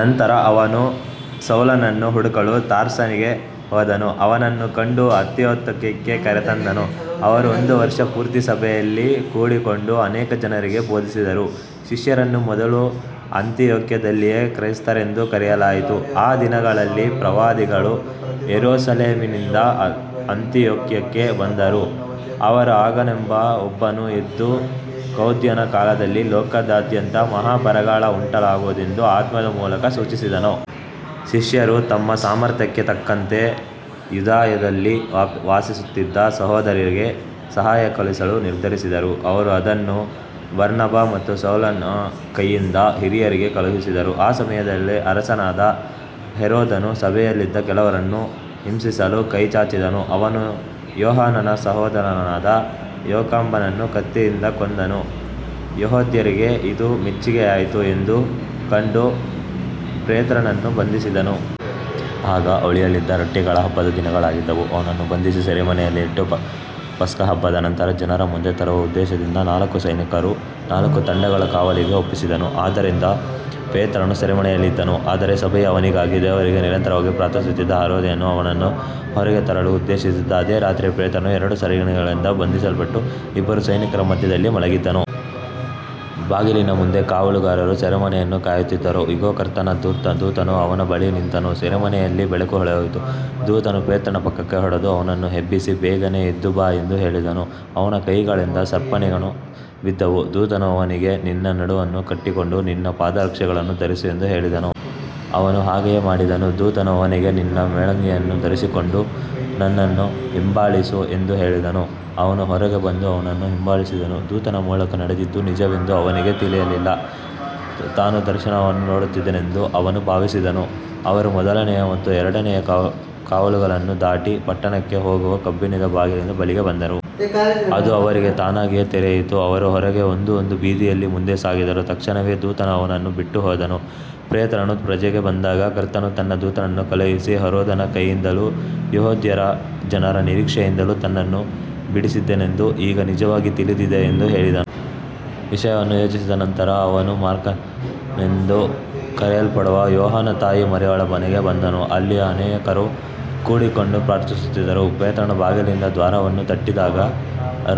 ನಂತರ ಅವನು ಸೌಲನನ್ನು ಹುಡುಕಲು ತಾರ್ಸಿಗೆ ಹೋದನು. ಅವನನ್ನು ಕಂಡು ಅಂತಿಯೋಕ್ಯಕ್ಕೆ ಕರೆತಂದನು. ಅವರು ಒಂದು ವರ್ಷ ಪೂರ್ತಿ ಸಭೆಯಲ್ಲಿ ಕೂಡಿಕೊಂಡು ಅನೇಕ ಜನರಿಗೆ ಬೋಧಿಸಿದರು. ಶಿಷ್ಯರನ್ನು ಮೊದಲು ಅಂತಿಯೋಕ್ಯದಲ್ಲಿಯೇ ಕ್ರೈಸ್ತರೆಂದು ಕರೆಯಲಾಯಿತು. ಆ ದಿನಗಳಲ್ಲಿ ಪ್ರವಾದಿಗಳು ಯೆರೂಸಲೇಮಿನಿಂದ ಅಂತಿಯೋಕ್ಯಕ್ಕೆ ಬಂದರು. ಅವರಲ್ಲಿ ಅಗಾಬನೆಂಬ ಒಬ್ಬನು ಎದ್ದು, ಕ್ಲೌದ್ಯನ ಕಾಲದಲ್ಲಿ ಲೋಕದಾದ್ಯಂತ ಮಹಾ ಬರಗಾಲ ಉಂಟಾಗುವುದೆಂದು ಆತ್ಮದ ಮೂಲಕ ಸೂಚಿಸಿದನು. ಶಿಷ್ಯರು ತಮ್ಮ ಸಾಮರ್ಥ್ಯಕ್ಕೆ ತಕ್ಕಂತೆ ಯೂದಾಯದಲ್ಲಿ ವಾಸಿಸುತ್ತಿದ್ದ ಸಹೋದರರಿಗೆ ಸಹಾಯ ಕಳುಹಿಸಲು ನಿರ್ಧರಿಸಿದರು. ಅವರು ಅದನ್ನು ಬರ್ನಬ ಮತ್ತು ಸೌಲನ ಕೈಯಿಂದ ಹಿರಿಯರಿಗೆ ಕಳುಹಿಸಿದರು. ಆ ಸಮಯದಲ್ಲಿ ಅರಸನಾದ ಹೆರೋದನು ಸಭೆಯಲ್ಲಿದ್ದ ಕೆಲವರನ್ನು ಹಿಂಸಿಸಲು ಕೈಚಾಚಿದನು. ಅವನು ಯೋಹಾನನ ಸಹೋದರನಾದ ಯಾಕೋಬನನ್ನು ಕತ್ತಿಯಿಂದ ಕೊಂದನು. ಯೆಹೂದ್ಯರಿಗೆ ಇದು ಮೆಚ್ಚಿಗೆಯಾಯಿತು ಎಂದು ಕಂಡು ಪೇತ್ರನನ್ನೂ ಬಂಧಿಸಿದನು. ಆಗ ಹುಳಿಯಿಲ್ಲದ ರೊಟ್ಟಿಗಳ ಹಬ್ಬದ ದಿನಗಳಾಗಿದ್ದವು. ಅವನನ್ನು ಬಂಧಿಸಿ ಸೆರೆಮನೆಯಲ್ಲಿಟ್ಟು, ಪಸ್ಕಹಬ್ಬದ ನಂತರ ಜನರ ಮುಂದೆ ತರುವ ಉದ್ದೇಶದಿಂದ ನಾಲ್ಕು ಸೈನಿಕರ ನಾಲ್ಕು ತಂಡಗಳ ಕಾವಲಿಗೆ ಒಪ್ಪಿಸಿದನು. ಆದ್ದರಿಂದ ಪೇತ್ರನು ಸೆರೆಮನೆಯಲ್ಲಿದ್ದನು. ಆದರೆ ಸಭೆಯು ಅವನಿಗಾಗಿ ದೇವರಿಗೆ ನಿರಂತರವಾಗಿ ಪ್ರಾರ್ಥಿಸುತ್ತಿತ್ತು. ಹೆರೋದನು ಅವನನ್ನು ಹೊರಗೆ ತರಲು ಉದ್ದೇಶಿಸಿದ್ದ ಅದೇ ರಾತ್ರಿ ಪೇತ್ರನು ಎರಡು ಸರಪಣಿಗಳಿಂದ ಬಂಧಿಸಲ್ಪಟ್ಟು ಇಬ್ಬರು ಸೈನಿಕರ ಮಧ್ಯದಲ್ಲಿ ಮಲಗಿದ್ದನು. ಬಾಗಿಲಿನ ಮುಂದೆ ಕಾವಲುಗಾರರು ಸೆರೆಮನೆಯನ್ನು ಕಾಯುತ್ತಿದ್ದರು. ಇಗೋ, ಕರ್ತನ ದೂತನು ಅವನ ಬಳಿಯಲ್ಲಿ ನಿಂತನು. ಸೆರೆಮನೆಯಲ್ಲಿ ಬೆಳಕು ಹೊಳೆಯಿತು. ದೂತನು ಪೇತ್ರನ ಪಕ್ಕಕ್ಕೆ ಹೊಡೆದು ಅವನನ್ನು ಎಬ್ಬಿಸಿ, ಬೇಗನೆ ಎದ್ದುಬಾ ಎಂದು ಹೇಳಿದನು. ಅವನ ಕೈಗಳಿಂದ ಸರಪಣಿಗಳು ಬಿದ್ದವು. ದೂತನು ಅವನಿಗೆ, ನಿನ್ನ ನಡುವನ್ನು ಕಟ್ಟಿಕೊಂಡು ನಿನ್ನ ಪಾದರಕ್ಷೆಗಳನ್ನು ಧರಿಸು ಎಂದು ಹೇಳಿದನು. ಅವನು ಹಾಗೆಯೇ ಮಾಡಿದನು. ದೂತನು ಅವನಿಗೆ, ನಿನ್ನ ಮೇಲಂಗಿಯನ್ನು ಧರಿಸಿಕೊಂಡು ನನ್ನನ್ನು ಹಿಂಬಾಲಿಸು ಎಂದು ಹೇಳಿದನು. ಅವನು ಹೊರಗೆ ಬಂದು ಅವನನ್ನು ಹಿಂಬಾಲಿಸಿದನು. ದೂತನ ಮೂಲಕ ನಡೆದದ್ದು ನಿಜವೆಂದು ಅವನಿಗೆ ತಿಳಿಯಲಿಲ್ಲ. ತಾನು ದರ್ಶನವನ್ನು ನೋಡುತ್ತಿದ್ದೇನೆಂದು ಅವನು ಭಾವಿಸಿದನು. ಅವರು ಮೊದಲನೆಯ ಮತ್ತು ಎರಡನೆಯ ಕಾವಲುಗಳನ್ನು ದಾಟಿ, ಪಟ್ಟಣಕ್ಕೆ ಹೋಗುವ ಕಬ್ಬಿಣದ ಬಾಗಿಲಿನ ಬಳಿಗೆ ಬಂದರು. ಅದು ಅವರಿಗೆ ತಾನಾಗಿಯೇ ತೆರೆಯಿತು. ಅವರು ಹೊರಗೆ ಬಂದು ಒಂದು ಬೀದಿಯಲ್ಲಿ ಮುಂದೆ ಸಾಗಿದರು. ತಕ್ಷಣವೇ ದೂತನು ಅವನನ್ನು ಬಿಟ್ಟುಹೋದನು. ಪೇತ್ರನು ಪ್ರಜ್ಞೆಗೆ ಬಂದಾಗ, ಕರ್ತನು ತನ್ನ ದೂತನನ್ನು ಕಳುಹಿಸಿ ಹೆರೋದನ ಕೈಯಿಂದಲೂ ಯೆಹೂದ್ಯರ ಜನರ ನಿರೀಕ್ಷೆಯಿಂದಲೂ ತನ್ನನ್ನು ಬಿಡಿಸಿದ್ದಾನೆಂದು ಈಗ ನಿಜವಾಗಿ ತಿಳಿದಿದೆ ಎಂದು ಹೇಳಿದನು. ವಿಷಯವನ್ನು ಯೋಚಿಸಿದ ನಂತರ ಅವನು ಮಾರ್ಕನೆಂದು ಕರೆಯಲ್ಪಡುವ ಯೋಹಾನನ ತಾಯಿ ಮರಿಯಳ ಮನೆಗೆ ಬಂದನು. ಅಲ್ಲಿ ಅನೇಕರು ಕೂಡಿಕೊಂಡು ಪ್ರಾರ್ಥಿಸುತ್ತಿದ್ದರು. ಪೇತ್ರನು ಬಾಗಿಲಿನ ದ್ವಾರವನ್ನು ತಟ್ಟಿದಾಗ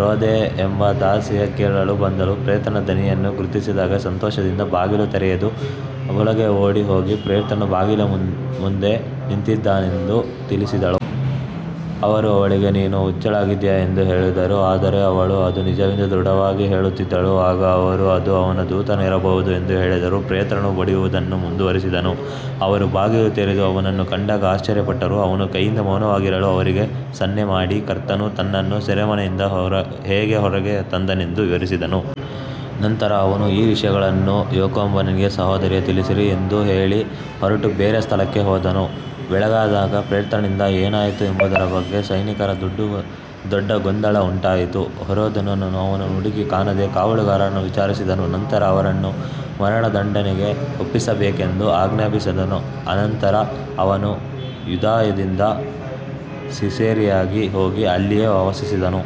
ರೋದೆ ಎಂಬ ದಾಸಿಯು ಕೇಳಲು ಬಂದಳು. ಪೇತ್ರನ ಧ್ವನಿಯನ್ನು ಗುರುತಿಸಿದಾಗ ಸಂತೋಷದಿಂದ ಬಾಗಿಲು ತೆರೆಯದೆ ಒಳಗೆ ಓಡಿ ಹೋಗಿ, ಪೇತ್ರನು ಬಾಗಿಲಿನ ಮುಂದೆ ನಿಂತಿದ್ದಾನೆ ಎಂದು ತಿಳಿಸಿದಳು. ಅವರು ಅವಳಿಗೆ, ನೀನು ಹುಚ್ಚಳಾಗಿದ್ದೀಯೆ ಎಂದು ಹೇಳಿದರು. ಆದರೆ ಅವಳು ಅದು ನಿಜವೆಂದು ದೃಢವಾಗಿ ಹೇಳುತ್ತಿದ್ದಳು. ಆಗ ಅವರು, ಅದು ಅವನ ದೂತನಿರಬಹುದು ಎಂದು ಹೇಳಿದರು. ಪೇತ್ರನು ಬಡಿಯುವುದನ್ನು ಮುಂದುವರಿಸಿದನು. ಅವರು ಬಾಗಿಲು ತೆರೆದು ಅವನನ್ನು ಕಂಡಾಗ ಆಶ್ಚರ್ಯಪಟ್ಟರು. ಅವನು ಕೈಯಿಂದ ಮೌನವಾಗಿರಲು ಅವರಿಗೆ ಸನ್ನೆಮಾಡಿ, ಕರ್ತನು ತನ್ನನ್ನು ಸೆರೆಮನೆಯಿಂದ ಹೇಗೆ ಹೊರಗೆ ತಂದನೆಂದು ವಿವರಿಸಿದನು. ನಂತರ ಅವನು, ಈ ವಿಷಯಗಳನ್ನು ಯಾಕೋಬನಿಗೂ ಸಹೋದರರಿಗೂ ತಿಳಿಸಿರಿ ಎಂದು ಹೇಳಿ ಹೊರಟು ಬೇರೆ ಸ್ಥಳಕ್ಕೆ ಹೋದನು. ಬೆಳಗಾದಾಗ ಪೇತ್ರನಿಗೆ ಏನಾಯಿತು ಎಂಬುದರ ಬಗ್ಗೆ ಸೈನಿಕರಲ್ಲಿ ದೊಡ್ಡ ಗೊಂದಲ ಉಂಟಾಯಿತು. ಹೆರೋದನು ಅವನನ್ನು ಹುಡುಕಿ ಕಾಣದೆ ಕಾವಲುಗಾರರನ್ನು ವಿಚಾರಿಸಿದನು. ನಂತರ ಅವರನ್ನು ಮರಣದಂಡನೆಗೆ ಒಪ್ಪಿಸಬೇಕೆಂದು ಆಜ್ಞಾಪಿಸಿದನು. ಅನಂತರ ಅವನು ಯೂದಾಯದಿಂದ ಸಿಸೇರಿಯಾಗೆ ಹೋಗಿ ಅಲ್ಲಿಯೇ ವಾಸಿಸಿದನು.